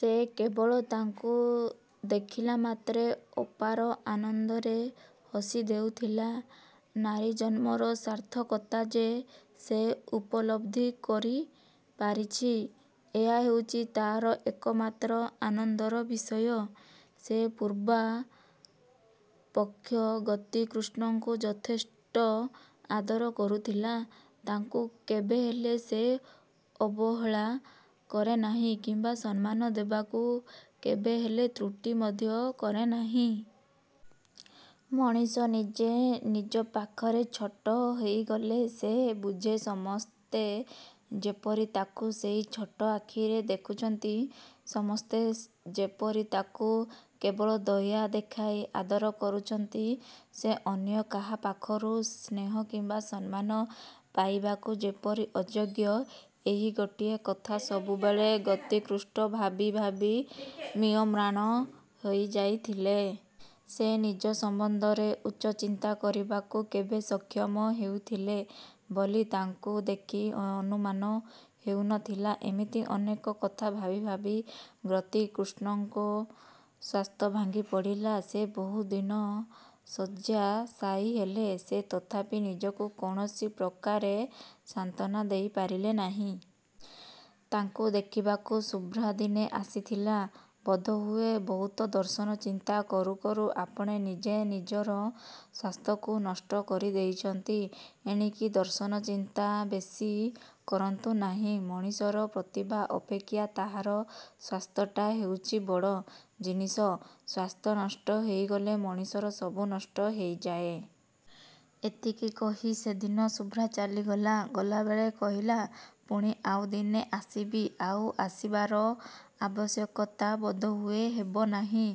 ସେ କେବଳ ତାଙ୍କୁ ଦେଖିଲାମାତ୍ରେ ଅପାର ଆନନ୍ଦରେ ହସି ଦେଉଥିଲା। ନାରୀ ଜନ୍ମର ସାର୍ଥକତା ଯେ ସେ ଉପଲବ୍ଧି କରିପାରିଛି ଏହା ହେଉଛି ତାହାର ଏକମାତ୍ର ଆନନ୍ଦର ବିଷୟ। ସେ ପୂର୍ବାପେକ୍ଷା ଗତିକୃଷ୍ଣଙ୍କୁ ଯଥେଷ୍ଟ ଆଦର କରୁଥିଲା। ତାଙ୍କୁ କେବେହେଲେ ସେ ଅବହେଳା କରେନାହିଁ କିମ୍ବା ସମ୍ମାନ ଦେବାକୁ କେବେହେଲେ ତ୍ରୁଟି ମଧ୍ୟ କରେନାହିଁ। ମଣିଷ ନିଜେ ନିଜ ପାଖରେ ଛୋଟ ହୋଇଗଲେ ସେ ବୁଝେ ସମସ୍ତେ ଯେପରି ତାକୁ ସେହି ଛୋଟ ଆଖିରେ ଦେଖୁଛନ୍ତି। ସମସ୍ତେ ଯେପରି ତାକୁ କେବଳ ଦୟା ଦେଖାଇ ଆଦର କରୁଛନ୍ତି। ସେ ଅନ୍ୟ କାହାପାଖରୁ ସ୍ନେହ କିମ୍ବା ସମ୍ମାନ ପାଇବାକୁ ଯେପରି ଅଯୋଗ୍ୟ ଏହି ଗୋଟିଏ କଥା ସବୁବେଳେ ଗତିକୃଷ୍ଣ ଭାବିଭାବି ମ୍ରିୟମାଣ ହୋଇଯାଇଥିଲେ। ସେ ନିଜ ସମ୍ବନ୍ଧରେ ଉଚ୍ଚଚିନ୍ତା କରିବାକୁ କେବେ ସକ୍ଷମ ହେଉଥିଲେ ବୋଲି ତାଙ୍କୁ ଦେଖି ଅନୁମାନ ହେଉନଥିଲା। ଏମିତି ଅନେକ କଥା ଭାବି ଭାବି ଗତିକୃଷ୍ଣଙ୍କ ସ୍ୱାସ୍ଥ୍ୟ ଭାଙ୍ଗିପଡ଼ିଲା। ସେ ବହୁଦିନ ଶଯ୍ୟାଶାୟୀ ହେଲେ। ସେ ତଥାପି ନିଜକୁ କୌଣସି ପ୍ରକାରେ ସାନ୍ତ୍ୱାନା ଦେଇପାରିଲେ ନାହିଁ। ତାଙ୍କୁ ଦେଖିବାକୁ ଶୁଭ୍ରା ଦିନେ ଆସିଥିଲା। ବୋଧହୁଏ ବହୁତ ଦର୍ଶନ ଚିନ୍ତା କରୁକରୁ ଆପଣ ନିଜେ ନିଜର ସ୍ୱାସ୍ଥ୍ୟକୁ ନଷ୍ଟ କରିଦେଇଛନ୍ତି। ଏଣିକି ଦର୍ଶନ ଚିନ୍ତା ବେଶି କରନ୍ତୁ ନାହିଁ। ମଣିଷର ପ୍ରତିଭା ଅପେକ୍ଷା ତାହାର ସ୍ୱାସ୍ଥ୍ୟଟା ହେଉଛି ବଡ଼ ଜିନିଷ। ସ୍ୱାସ୍ଥ୍ୟ ନଷ୍ଟ ହୋଇଗଲେ ମଣିଷର ସବୁ ନଷ୍ଟ ହୋଇଯାଏ। '' ଏତିକି କହି ସେଦିନ ଶୁଭ୍ରା ଚାଲିଗଲା। ଗଲାବେଳେ କହିଲା, ''ପୁଣି ଆଉଦିନେ ଆସିବି। '' ''ଆଉ ଆସିବାର ଆବଶ୍ୟକତା ବୋଧହୁଏ ହେବନାହିଁ।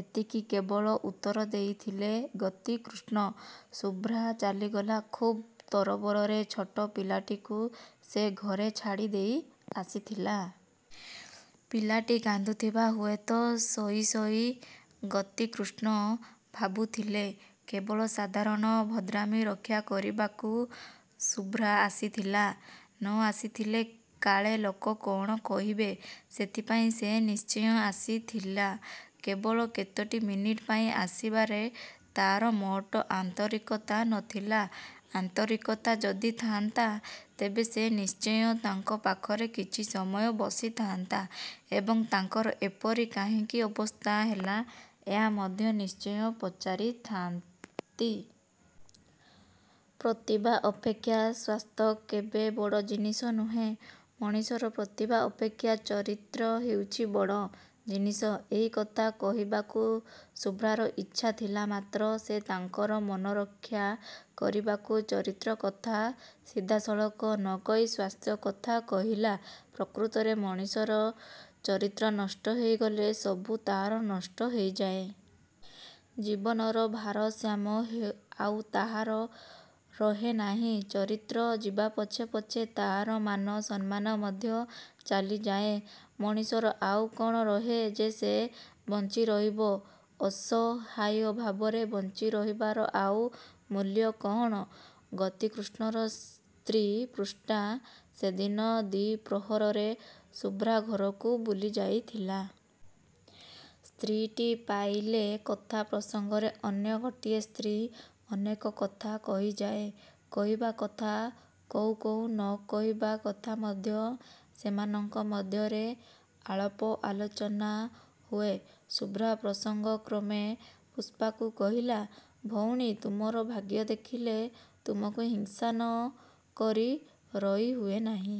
ଏତିକି କେବଳ ଉତ୍ତର ଦେଇଥିଲେ ଗତିକୃଷ୍ଣ। '' ଶୁଭ୍ରା ଚାଲିଗଲା ଖୁବ୍ ତରବରରେ। ଛୋଟ ପିଲାଟିକୁ ସେ ଘରେ ଛାଡ଼ି ଦେଇ ଆସିଥିଲା। ପିଲାଟି କାନ୍ଦୁଥିବ ହୁଏତ। ଶୋଇଶୋଇ ଗତିକୃଷ୍ଣ ଭାବୁଥିଲେ କେବଳ ସାଧାରଣ ଭଦ୍ରାମି ରକ୍ଷାକରିବାକୁ ଶୁଭ୍ରା ଆସିଥିଲା, ନ ଆସିଥିଲେ କାଳେ ଲୋକ କ'ଣ କହିବେ ସେଥିପାଇଁ ସେ ନିଶ୍ଚୟ ଆସିଥିଲା କେବଳ କେତୋଟି ମିନିଟ୍ ପାଇଁ। ଆସିବାରେ ତା'ର ମୋଟେ ଆନ୍ତରିକତା ନ ଥିଲା। ଆନ୍ତରିକତା ଯଦି ଥାଆନ୍ତା ତେବେ ସେ ନିଶ୍ଚୟ ତାଙ୍କ ପାଖରେ କିଛି ସମୟ ବସିଥାଆନ୍ତା ଏବଂ ତାଙ୍କର ଏପରି କାହିଁକି ଅବସ୍ଥା ହେଲା ଏହା ମଧ୍ୟ ନିଶ୍ଚୟ ପଚାରିଥାଆନ୍ତି। ପ୍ରତିଭା ଅପେକ୍ଷା ସ୍ୱାସ୍ଥ୍ୟ କେବେ ବଡ଼ ଜିନିଷ ନୁହେଁ। ମଣିଷର ପ୍ରତିଭା ଅପେକ୍ଷା ଚରିତ୍ର ହେଉଛି ବଡ଼ ଜିନିଷ। ଏହିକଥା କହିବାକୁ ଶୁଭ୍ରାର ଇଚ୍ଛା ଥିଲା; ମାତ୍ର ସେ ତାଙ୍କର ମନରକ୍ଷା କରିବାକୁ ଚରିତ୍ର କଥା ସିଧାସଳଖ ନ କହି ସ୍ୱାସ୍ଥ୍ୟ କଥା କହିଲା। ପ୍ରକୃତରେ ମଣିଷର ଚରିତ୍ର ନଷ୍ଟ ହୋଇଗଲେ ସବୁ ତାହାର ନଷ୍ଟ ହୋଇଯାଏ। ଜୀବନର ଭାରସାମ୍ୟ ଆଉ ତାହାର ରହେନାହିଁ। ଚରିତ୍ର ଯିବା ପଛେ ପଛେ ତାହାର ମାନ, ସମ୍ମାନ ମଧ୍ୟ ଚାଲିଯାଏ। ମଣିଷର ଆଉ କ'ଣ ରହେ ଯେ ସେ ବଞ୍ଚିରହିବ? ଅସହାୟ ଭାବରେ ବଞ୍ଚିରହିବାର ଆଉ ମୂଲ୍ୟ କ'ଣ? ଗତିକୃଷ୍ଣର ସ୍ତ୍ରୀ ପୁଷ୍ପା ସେଦିନ ଦ୍ୱିପ୍ରହରରେ ଶୁଭ୍ରା ଘରକୁ ବୁଲିଯାଇଥିଲା। ସ୍ତ୍ରୀଟିଏ ପାଇଲେ କଥା ପ୍ରସଙ୍ଗରେ ଅନ୍ୟ ଗୋଟିଏ ସ୍ତ୍ରୀ ଅନେକ କଥା କହିଯାଏ। କହିବା କଥା କହୁଁ କହୁଁ ନ କହିବା କଥା ମଧ୍ୟ ସେମାନଙ୍କ ମଧ୍ୟରେ ଆଳାପ ଆଲୋଚନା ହୁଏ। ଶୁଭ୍ରା ପ୍ରସଙ୍ଗକ୍ରମେ ପୁଷ୍ପାକୁ କହିଲା, ''ଭଉଣୀ! ତୁମର ଭାଗ୍ୟ ଦେଖିଲେ ତୁମକୁ ହିଂସା ନ କରି ରହିହୁଏ ନାହିଁ।।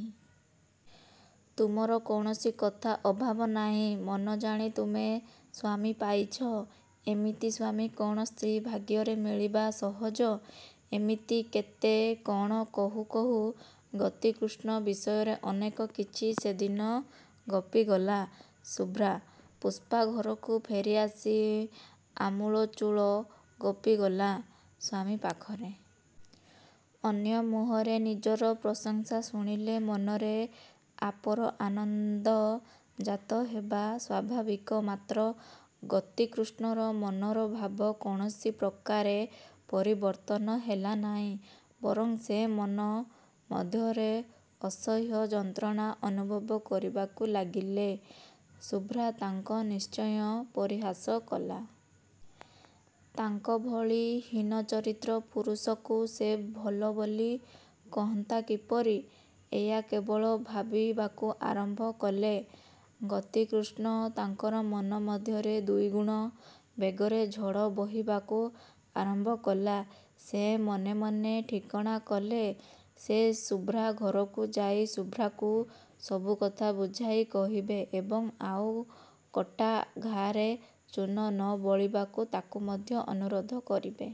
ତୁମର କୌଣସି କଥା ଅଭାବ ନାହିଁ। ମନ ଜାଣି ତୁମେ ସ୍ୱାମୀ ପାଇଛ। ଏମିତି ସ୍ୱାମୀ କ'ଣ ସ୍ତ୍ରୀ ଭାଗ୍ୟରେ ମିଳିବା ସହଜ? '' ଏମିତି କେତେ କ'ଣ କହୁଁ କହୁଁ ଗତିକୃଷ୍ଣ ବିଷୟରେ ଅନେକ କିଛି ସେଦିନ ଗପିଗଲା ଶୁଭ୍ରା। ପୁଷ୍ପା ଘରକୁ ଫେରିଆସି ଆମୂଳଚୂଳ ଗପିଗଲା ସ୍ୱାମୀ ପାଖରେ। ଅନ୍ୟ ମୁହଁରେ ନିଜର ପ୍ରଶଂସା ଶୁଣିଲେ ମନରେ ଅପାର ଆନନ୍ଦ ଜାତ ହେବା ସ୍ୱାଭାବିକ ମାତ୍ର ଗତିକୃଷ୍ଣର ମନର ଭାବ କୌଣସି ପ୍ରକାରେ ପରିବର୍ତ୍ତନ ହେଲାନାହିଁ; ବରଂ ସେ ମନ ମଧ୍ୟରେ ଅସହ୍ୟ ଯନ୍ତ୍ରଣା ଅନୁଭବ କରିବାକୁ ଲାଗିଲେ। ଶୁଭ୍ରା ତାଙ୍କୁ ନିଶ୍ଚୟ ପରିହାସ କଲା। ତାଙ୍କ ଭଳି ହୀନଚରିତ୍ର ପୁରୁଷକୁ ସେ ଭଲ ବୋଲି କହନ୍ତା କିପରି? ଏୟା କେବଳ ଭାବିବାକୁ ଆରମ୍ଭ କଲେ ଗତିକୃଷ୍ଣ। ତାଙ୍କର ମନ ମଧ୍ୟରେ ଦୁଇଗୁଣ ବେଗରେ ଝଡ଼ ବହିବାକୁ ଆରମ୍ଭକଲା। ସେ ମନେମନେ ଠିକଣା କଲେ ସେ ଶୁଭ୍ରା ଘରକୁ ଯାଇ ଶୁଭ୍ରାକୁ ସବୁକଥା ବୁଝାଇ କହିବେ ଏବଂ ଆଉ କଟା ଘାଆରେ ଚୂନ ନ ବୋଳିବାକୁ ତାକୁ ମଧ୍ୟ ଅନୁରୋଧ କରିବେ।